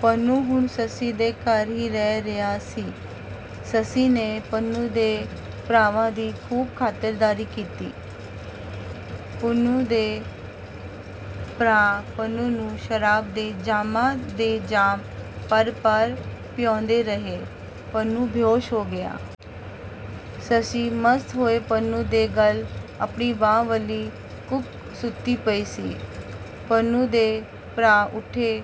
ਪੁੰਨੂੰ ਹੁਣ ਸੱਸੀ ਦੇ ਘਰ ਹੀ ਰਹਿ ਰਿਹਾ ਸੀ। ਸੱਸੀ ਨੇ ਪੁੰਨੂੰ ਦੇ ਭਰਾਵਾਂ ਦੀ ਖੂਬ ਖਾਤਰਦਾਰੀ ਕੀਤੀ। ਪੁੰਨੂੰ ਦੇ ਭਰਾ ਪੁੰਨੂੰ ਨੂੰ ਸ਼ਰਾਬ ਦੇ ਜਾਮਾਂ ਦੇ ਜਾਮ ਭਰ-ਭਰ ਪਿਆਉਂਦੇ ਰਹੇ। ਪੁੰਨੂੰ ਬੇਹੋਸ਼ ਹੋ ਗਿਆ। ਸੱਸੀ ਮਸਤ ਹੋਏ ਪੁੰਨੂੰ ਦੇ ਗਲ ਆਪਣੀ ਬਾਂਹ ਵਲੀ ਘੂਕ ਸੁੱਤੀ ਪਈ ਸੀ। ਪੁੰਨੂੰ ਦੇ ਭਰਾ ਉੱਠੇ।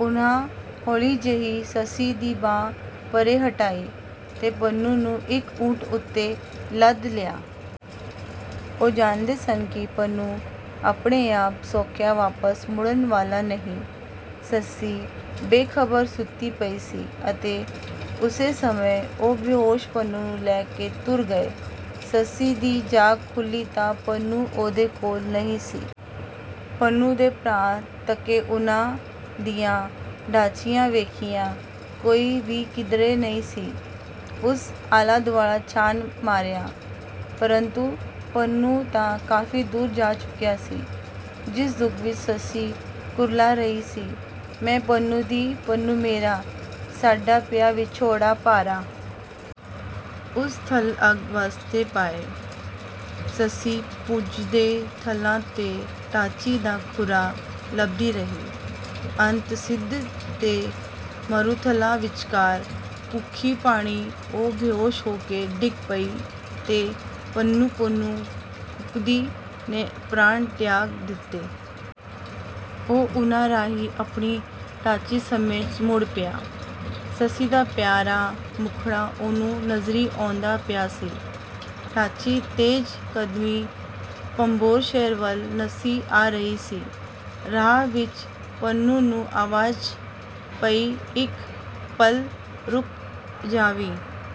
ਉਨ੍ਹਾਂ ਹੌਲੀ ਜਿਹੀ ਸੱਸੀ ਦੀ ਬਾਂਹ ਪਰ੍ਹੇ ਹਟਾਈ ਤੇ ਪੁੰਨੂੰ ਨੂੰ ਇੱਕ ਊਠ ਉੱਤੇ ਲੱਦ ਲਿਆ। ਉਹ ਜਾਣਦੇ ਸਨ ਕਿ ਪੁੰਨੂੰ ਆਪਣੇ ਆਪ ਸੌਖਿਆਂ ਵਾਪਸ ਮੁੜਨ ਵਾਲਾ ਨਹੀਂ। ਸੱਸੀ ਬੇਖ਼ਬਰ ਸੁੱਤੀ ਪਈ ਸੀ ਅਤੇ ਉਸੇ ਸਮੇਂ ਉਹ ਬੇਹੋਸ਼ ਪੁੰਨੂੰ ਨੂੰ ਲੈ ਤੁਰ ਗਏ। ਸੱਸੀ ਦੀ ਜਾਗ ਖੁੱਲ੍ਹੀ ਤਾਂ ਪੁੰਨੂੰ ਉਹਦੇ ਕੋਲ ਨਹੀਂ ਸੀ। ਪੁੰਨੂੰ ਦੇ ਭਰਾ ਤੱਕੇ, ਉਨ੍ਹਾਂ ਦੀਆਂ ਡਾਚੀਆਂ ਵੇਖੀਆਂ, ਕੋਈ ਵੀ ਕਿਧਰੇ ਨਹੀਂ ਸੀ। ਉਸ ਆਲਾ-ਦੁਆਲਾ ਛਾਣ ਮਾਰਿਆ। ਪਰੰਤੂ ਪੁੰਨੂੰ ਤਾਂ ਕਾਫ਼ੀ ਦੂਰ ਜਾ ਚੁੱਕਿਆ ਸੀ। ਜਿਸ ਦੁੱਖ ਵਿੱਚ ਸੱਸੀ ਕੁਰਲਾ ਰਹੀ ਸੀ - ਮੈਂ ਪੁੰਨੂੰ ਦੀ, ਪੁੰਨੂੰ ਮੇਰਾ, ਸਾਡਾ ਪਿਆ ਵਿਛੋੜਾ ਭਾਰਾ। ਉਸ ਥਲ ਅੱਗ ਵਾਸਤੇ ਪਾਏ। ਸੱਸੀ ਭੁੰਜਦੇ ਥਲਾਂ 'ਤੇ ਡਾਚੀ ਦਾ ਖੁਰਾ ਲੱਭਦੀ ਰਹੀ। ਅੰਤ ਸਿੰਧ ਦੇ ਮਾਰੂਥਲਾਂ ਵਿੱਚਕਾਰ ਭੁੱਖੀ-ਭਾਣੀ ਉਹ ਬੇਹੋਸ਼ ਹੋ ਕੇ ਡਿੱਗ ਪਈ ਤੇ ਪੁੰਨੂੰ ਪੁੰਨੂੰ ਕੂਕਦੀ ਨੇ ਪ੍ਰਾਣ ਤਿਆਗ ਦਿੱਤੇ। ਉਹ ਉਨ੍ਹਾਂ ਰਾਹੀਂ ਆਪਣੀ ਡਾਚੀ ਸਮੇਤ ਮੁੜ ਪਿਆ। ਸੱਸੀ ਦਾ ਪਿਆਰਾ ਮੁਖੜਾ ਉਹਨੂੰ ਨਜ਼ਰੀਂ ਆਉਂਦਾ ਪਿਆ ਸੀ। ਡਾਚੀ ਤੇਜ਼ ਕਦਮੀਂ ਭੰਬੋਰ ਸ਼ਹਿਰ ਵੱਲ ਨੱਸੀ ਆ ਰਹੀ ਸੀ। ਰਾਹ ਵਿੱਚ ਪੁੰਨੂੰ ਨੂੰ ਆਵਾਜ਼ ਪਈ - ਇੱਕ ਪਲ ਰੁਕ ਜਾਵੀਂ।